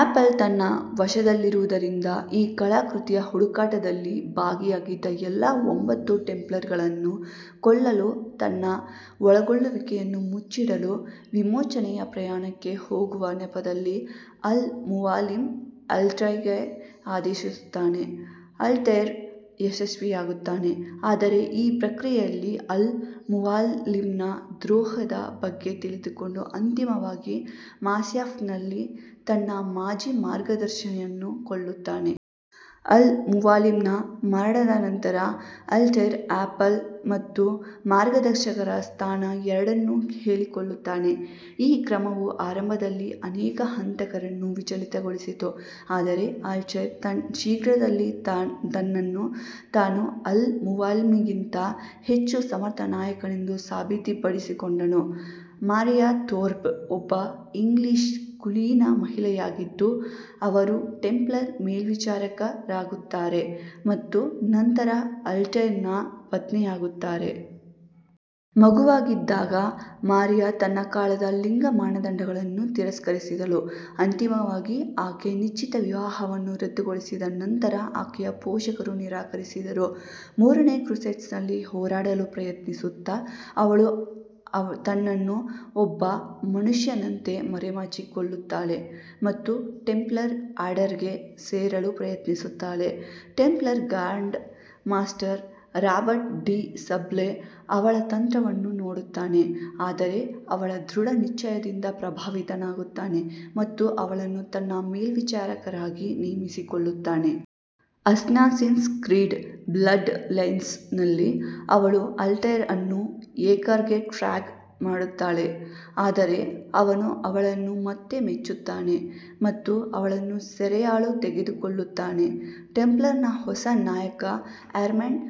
Apple ತನ್ನ ವಶದಲ್ಲಿರುವುದರಿಂದ, ಈ ಕಲಾಕೃತಿಯ ಹುಡುಕಾಟದಲ್ಲಿ ಭಾಗಿಯಾಗಿದ್ದ ಎಲ್ಲಾ ಒಂಬತ್ತು ಟೆಂಪ್ಲರ್ಗಳನ್ನು ಕೊಲ್ಲಲು, ತನ್ನ ಒಳಗೊಳ್ಳುವಿಕೆಯನ್ನು ಮುಚ್ಚಿಡಲು, ವಿಮೋಚನೆಯ ಪ್ರಯಾಣಕ್ಕೆ ಹೋಗುವ ನೆಪದಲ್ಲಿ ಅಲ್ ಮುವಾಲಿಮ್ ಆಲ್ಟೈರ್ಗೆ ಆದೇಶಿಸುತ್ತಾನೆ. ಅಲ್ತೈರ್ ಯಶಸ್ವಿಯಾಗುತ್ತಾನೆ, ಆದರೆ ಈ ಪ್ರಕ್ರಿಯೆಯಲ್ಲಿ ಅಲ್ ಮುವಾಲಿಮ್ನ ದ್ರೋಹದ ಬಗ್ಗೆ ತಿಳಿದುಕೊಂಡು, ಅಂತಿಮವಾಗಿ ಮಾಸ್ಯಾಫ್ನಲ್ಲಿ ತನ್ನ ಮಾಜಿ ಮಾರ್ಗದರ್ಶಿಯನ್ನು ಕೊಲ್ಲುತ್ತಾನೆ. ಅಲ್ ಮುವಾಲಿಮ್ನ ಮರಣದ ನಂತರ, ಆಲ್ಟೈರ್ ಆಪಲ್ ಮತ್ತು ಮಾರ್ಗದರ್ಶಕರ ಸ್ಥಾನ ಎರಡನ್ನೂ ಹೇಳಿಕೊಳ್ಳುತ್ತಾನೆ; ಈ ಕ್ರಮವು ಆರಂಭದಲ್ಲಿ ಅನೇಕ ಹಂತಕರನ್ನು ವಿಚಲಿತಗೊಳಿಸಿತು, ಆದರೆ ಆಲ್ಟೈರ್ ಶೀಘ್ರದಲ್ಲೇ ತನ್ನನ್ನು ತಾನು ಅಲ್ ಮುವಾಲಿಮ್ಗಿಂತ ಹೆಚ್ಚು ಸಮರ್ಥ ನಾಯಕನೆಂದು ಸಾಬೀತುಪಡಿಸಿಕೊಂಡನು. ಮಾರಿಯಾ ಥೋರ್ಪ್ ಒಬ್ಬ ಇಂಗ್ಲಿಷ್ ಕುಲೀನ ಮಹಿಳೆಯಾಗಿದ್ದು, ಅವರು ಟೆಂಪ್ಲರ್ ಮೇಲ್ವಿಚಾರಕರಾಗುತ್ತಾರೆ ಮತ್ತು ನಂತರ ಆಲ್ಟೈರ್ನ ಪತ್ನಿಯಾಗುತ್ತಾರೆ. ಮಗುವಾಗಿದ್ದಾಗ, ಮಾರಿಯಾ ತನ್ನ ಕಾಲದ ಲಿಂಗ ಮಾನದಂಡಗಳನ್ನು ತಿರಸ್ಕರಿಸಿದಳು, ಅಂತಿಮವಾಗಿ ಆಕೆಯ ನಿಶ್ಚಿತ ವಿವಾಹವನ್ನು ರದ್ದುಗೊಳಿಸಿದ ನಂತರ ಆಕೆಯ ಪೋಷಕರು ನಿರಾಕರಿಸಿದರು. ಮೂರನೇ ಕ್ರುಸೇಡ್ನಲ್ಲಿ ಹೋರಾಡಲು ಪ್ರಯತ್ನಿಸುತ್ತಾ, ಅವಳು ತನ್ನನ್ನು ಒಬ್ಬ ಮನುಷ್ಯನಂತೆ ಮರೆಮಾಚಿಕೊಳ್ಳುತ್ತಾಳೆ ಮತ್ತು ಟೆಂಪ್ಲರ್ ಆರ್ಡರ್ಗೆ ಸೇರಲು ಪ್ರಯತ್ನಿಸುತ್ತಾಳೆ. Templar grand master, Robert de Sable, ಅವಳ ತಂತ್ರವನ್ನು ನೋಡುತ್ತಾನೆ, ಆದರೆ ಅವಳ ದೃಢ ನಿಶ್ಚಯದಿಂದ ಪ್ರಭಾವಿತನಾಗುತ್ತಾನೆ ಮತ್ತು ಅವಳನ್ನು ತನ್ನ ಮೇಲ್ವಿಚಾರಕರಾಗಿ ನೇಮಿಸಿಕೊಳ್ಳುತ್ತಾನೆ. ಅಸ್ಸಾಸಿನ್ಸ್ ಕ್ರೀಡ್ಃ ಬ್ಲಡ್ ಲೈನ್ಸ್ ನಲ್ಲಿ, ಅವಳು ಆಲ್ಟೈರ್ ಅನ್ನು ಏಕರ್ಗೆ ಟ್ರ್ಯಾಕ್ ಮಾಡುತ್ತಾಳೆ, ಆದರೆ ಅವನು ಅವಳನ್ನು ಮತ್ತೆ ಮೆಚ್ಚುತ್ತಾನೆ ಮತ್ತು ಅವಳನ್ನು ಸೆರೆಯಾಳು ತೆಗೆದುಕೊಳ್ಳುತ್ತಾನೆ. ಟೆಂಪ್ಲರ್ನ ಹೊಸ ನಾಯಕ ಆರ್ಮಂಡ್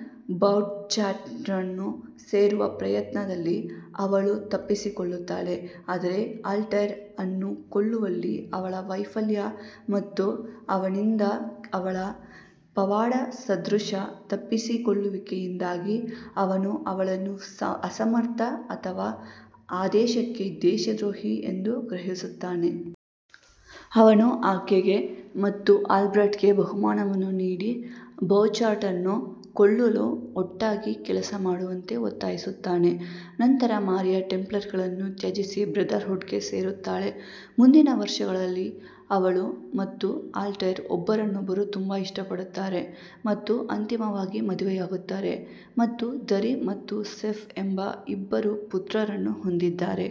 ಬೌಚಾರ್ಟ್ನನ್ನು ಸೇರುವ ಪ್ರಯತ್ನದಲ್ಲಿ ಅವಳು ತಪ್ಪಿಸಿಕೊಳ್ಳುತ್ತಾಳೆ, ಆದರೆ ಆಲ್ಟೈರ್ ಅನ್ನು ಕೊಲ್ಲುವಲ್ಲಿ ಅವಳ ವೈಫಲ್ಯ ಮತ್ತು ಅವನಿಂದ ಅವಳ "ಪವಾಡಸದೃಶ" ತಪ್ಪಿಸಿಕೊಳ್ಳುವಿಕೆಯಿಂದಾಗಿ, ಅವನು ಅವಳನ್ನು ಅಸಮರ್ಥ ಅಥವಾ ಆದೇಶಕ್ಕೆ ದೇಶದ್ರೋಹಿ ಎಂದು ಗ್ರಹಿಸುತ್ತಾನೆ. ಅವನು ಆಕೆಗೆ ಮತ್ತು ಆಲ್ಟೈರ್ಗೆ ಬಹುಮಾನವನ್ನು ನೀಡಿ, ಬೌಚಾರ್ಟ್ನನ್ನು ಕೊಲ್ಲಲು ಒಟ್ಟಾಗಿ ಕೆಲಸ ಮಾಡುವಂತೆ ಒತ್ತಾಯಿಸುತ್ತಾನೆ, ನಂತರ ಮಾರಿಯಾ ಟೆಂಪ್ಲರ್ಗಳನ್ನು ತ್ಯಜಿಸಿ ಬ್ರದರ್ಹುಡ್ಗೆ ಸೇರುತ್ತಾಳೆ. ಮುಂದಿನ ವರ್ಷಗಳಲ್ಲಿ, ಅವಳು ಮತ್ತು ಆಲ್ಟೈರ್ ಒಬ್ಬರನ್ನೊಬ್ಬರು ತುಂಬಾ ಇಷ್ಟಪಡುತ್ತಾರೆ ಮತ್ತು ಅಂತಿಮವಾಗಿ ಮದುವೆಯಾಗುತ್ತಾರೆ ಮತ್ತು ದರಿಮ್ ಮತ್ತು ಸೆಫ್ ಎಂಬ ಇಬ್ಬರು ಪುತ್ರರನ್ನು ಹೊಂದಿದ್ದಾರೆ.